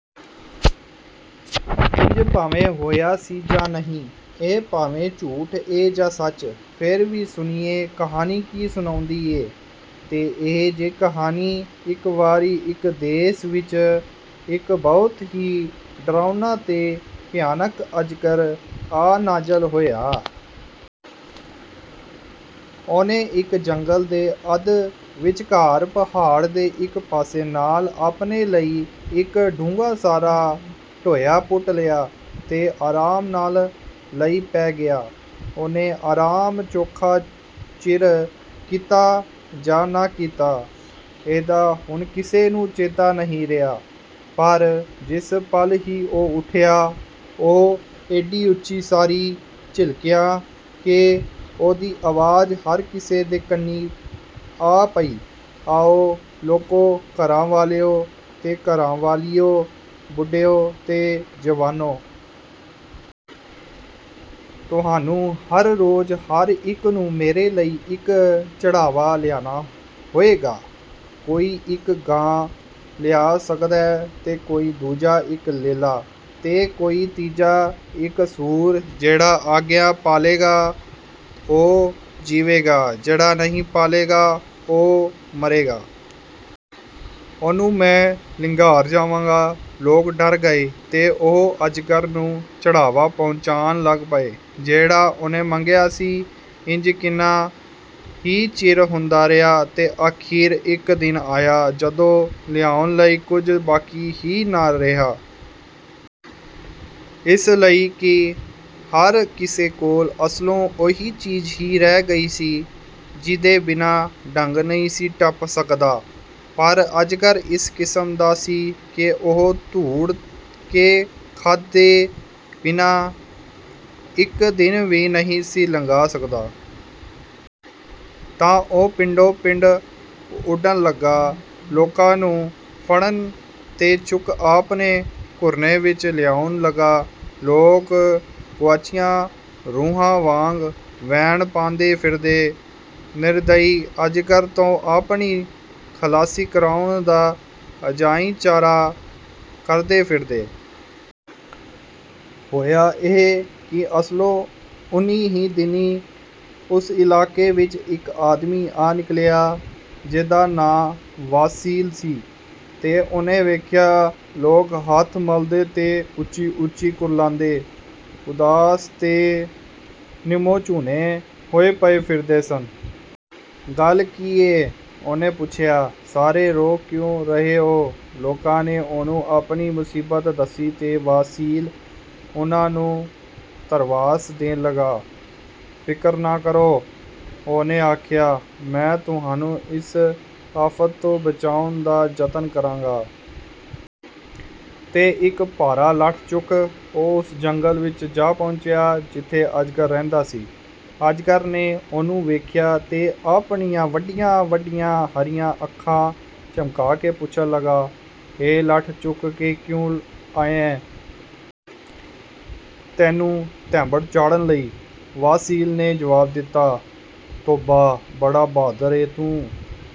ਇੰਜ ਭਾਵੇਂ ਹੋਇਆ ਸੀ ਜਾਂ ਨਹੀਂ, ਇਹ ਭਾਵੇਂ ਝੂਠ ਏ ਜਾਂ ਸੱਚ, ਫੇਰ ਵੀ ਸੁਣੀਏ, ਕਹਾਣੀ ਕੀ ਸੁਣਾਂਦੀ ਏ। ਤੇ ਇਹ ਜੇ ਕਹਾਣੀ। ਇੱਕ ਵਾਰੀ ਇਕ ਦੇਸ ਵਿਚ ਇਕ ਬਹੁਤ ਹੀ ਡਰਾਉਣਾ ਤੇ ਭਿਆਨਕ ਅਜਗਰ ਆ ਨਾਜ਼ਲ ਹੋਇਆ। ਉਹਨੇ ਇੱਕ ਜੰਗਲ ਦੇ ਅੱਧ-ਵਿਚਕਾਰ ਪਹਾੜ ਦੇ ਇਕ ਪਾਸੇ ਨਾਲ ਆਪਣੇ ਲਈ ਇੱਕ ਡੂੰਘਾ ਸਾਰਾ ਢੋਇਆ ਪੁੱਟ ਲਿਆ ਤੇ ਆਰਾਮ ਨਾਲ ਲਈ ਪੈ ਗਿਆ। ਉਹਨੇ ਆਰਾਮ ਚੋਖਾ ਚਿਰ ਕੀਤਾ ਜਾਂ ਨਾ ਕੀਤਾ, ਇਹਦਾ ਹੁਣ ਕਿਸੇ ਨੂੰ ਚੇਤਾ ਨਹੀਂ ਰਿਹਾ, ਪਰ ਜਿਸ ਪਲ ਹੀ ਉਹ ਉੱਠਿਆ, ਉਹ ਏਡੀ ਉੱਚੀ ਸਾਰੀ ਚਿਲਕਿਆ ਕਿ ਉਹਦੀ ਆਵਾਜ਼ ਹਰ ਕਿਸੇ ਦੇ ਕੰਨੀਂ ਆ ਪਈ, "ਆਓ, ਲੋਕੋ, ਘਰਾਂ ਵਾਲਿਓ ਤੇ ਘਰਾਂ ਵਾਲੀਓ, ਬੁੱਢਿਓ ਤੇ ਜਵਾਨੋ! ਤੁਹਾਨੂੰ ਹਰ ਰੋਜ਼ ਹਰ ਇੱਕ ਨੂੰ ਮੇਰੇ ਲਈ ਇੱਕ ਚੜ੍ਹਾਵਾ ਲਿਆਣਾ ਹੋਏਗਾ। ਕੋਈ ਇੱਕ ਗਾਂ ਲਿਆ ਸਕਦੈ, ਤੇ ਕੋਈ ਦੂਜਾ ਇਕ ਲੇਲਾ, ਤੇ ਕੋਈ ਤੀਜਾ ਇਕ ਸੂਰ! ਜਿਹੜਾ ਆਗਿਆ ਪਾਲੇਗਾ, ਉਹ ਜੀਵੇਗਾ। ਜਿਹੜਾ ਨਹੀਂ ਪਾਲੇਗਾ, ਉਹ ਮਰੇਗਾ। ਉਹਨੂੰ ਮੈਂ ਨਿਘਾਰ ਜਾਵਾਂਗਾ!" ਲੋਕ ਡਰ ਗਏ ਤੇ ਉਹ ਅਜਗਰ ਨੂੰ ਚੜ੍ਹਾਵਾ ਪਹੁੰਚਾਣ ਲੱਗ ਪਏ, ਜਿਹੜਾ ਉਹਨੇ ਮੰਗਿਆ ਸੀ। ਇੰਜ ਕਿੰਨਾ ਹੀ ਚਿਰ ਹੁੰਦਾ ਰਿਹਾ ਤੇ ਅਖ਼ੀਰ ਇੱਕ ਦਿਨ ਆਇਆ, ਜਦੋਂ ਲਿਆਉਣ ਲਈ ਕੁਝ ਬਾਕੀ ਹੀ ਨਾ ਰਿਹਾ। ਇਸ ਲਈ ਕਿ ਹਰ ਕਿਸੇ ਕੋਲ ਅਸਲੋਂ ਉਹੀ ਚੀਜ਼ ਹੀ ਰਹਿ ਗਈ ਸੀ, ਜਿਹਦੇ ਬਿਨਾਂ ਡੰਗ ਨਹੀਂ ਸੀ ਟੱਪ ਸਕਦਾ। ਪਰ ਅਜਗਰ ਇਸ ਕਿਸਮ ਦਾ ਸੀ ਕਿ ਉਹ ਧੂੜ ਕੇ ਖਾਧੇ ਬਿਨਾਂ ਇੱਕ ਦਿਨ ਵੀ ਨਹੀਂ ਸੀ ਲੰਘਾ ਸਕਦਾ। ਤਾਂ ਉਹ ਪਿੰਡੋਂ ਪਿੰਡ ਉੱਡਣ ਲੱਗਾ, ਲੋਕਾਂ ਨੂੰ ਫੜਨ ਤੇ ਚੁੱਕ ਆਪਣੇ ਘੁਰਨੇ ਵਿੱਚ ਲਿਆਉਣ ਲੱਗਾ। ਲੋਕ ਗੁਆਚੀਆਂ ਰੂਹਾਂ ਵਾਂਗ ਵੈਣ ਪਾਂਦੇ ਫਿਰਦੇ, ਨਿਰਦਈ ਅਜਗਰ ਤੋਂ ਆਪਣੀ ਖਲਾਸੀ ਕਰਾਉਣ ਦਾ ਅਜਾਈਂ ਚਾਰਾ ਕਰਦੇ ਫਿਰਦੇ। ਹੋਇਆ ਇਹ ਕਿ ਅਸਲੋਂ ਉਹਨੀ ਹੀ ਦਿਨੀਂ ਉਸ ਇਲਾਕੇ ਵਿੱਚ ਇੱਕ ਆਦਮੀ ਆ ਨਿਕਲਿਆ, ਜਿਹਦਾ ਨਾਂ ਵਾਸੀਲ ਸੀ, ਤੇ ਉਹਨੇ ਵੇਖਿਆ ਲੋਕ ਹੱਥ ਮਲਦੇ ਤੇ ਉੱਚੀ-ਉੱਚੀ ਕੁਰਲਾਂਦੇ, ਉਦਾਸ ਤੇ ਨਿਮੋਝੂਣੇ ਹੋਏ ਪਏ ਫਿਰਦੇ ਸਨ। "ਗੱਲ ਕੀ ਏ?" ਉਹਨੇ ਪੁੱਛਿਆ। "ਸਾਰੇ ਰੋ ਕਿਉਂ ਰਹੇ ਹੋ?" ਲੋਕਾਂ ਨੇ ਉਹਨੂੰ ਆਪਣੀ ਮੁਸੀਬਤ ਦੱਸੀ ਤੇ ਵਾਸੀਲ ਉਹਨਾਂ ਨੂੰ ਧਰਵਾਸ ਦੇਣ ਲੱਗਾ। "ਫ਼ਿਕਰ ਨਾ ਕਰੋ," ਉਹਨੇ ਆਖਿਆ। "ਮੈਂ ਤੁਹਾਨੂੰ ਇਸ ਆਫ਼ਤ ਤੋਂ ਬਚਾਉਣ ਦਾ ਜਤਨ ਕਰਾਂਗਾ।" ਤੇ ਇੱਕ ਭਾਰਾ ਲੱਠ ਚੁੱਕ, ਉਹ ਉਸ ਜੰਗਲ ਵਿੱਚ ਜਾ ਪਹੁੰਚਿਆ, ਜਿੱਥੇ ਅਜਗਰ ਰਹਿੰਦਾ ਸੀ। ਅਜਗਰ ਨੇ ਉਹਨੂੰ ਵੇਖਿਆ ਤੇ ਆਪਣੀਆਂ ਵੱਡੀਆਂ-ਵੱਡੀਆਂ ਹਰੀਆਂ ਅੱਖਾਂ ਝਮਕਾ ਕੇ ਪੁੱਛਣ ਲੱਗਾ, "ਇਹ ਲੱਠ ਚੁੱਕ ਕੇ ਕਿਉਂ ਆਇਐਂ?" "ਤੈਨੂੰ ਧੈਂਬੜ ਚਾੜ੍ਹਨ ਲਈ!" ਵਾਸੀਲ ਨੇ ਜਵਾਬ ਦਿੱਤਾ। "ਤੋਬਾ, ਬੜਾ ਬਹਾਦਰ ਏਂ ਤੂੰ!"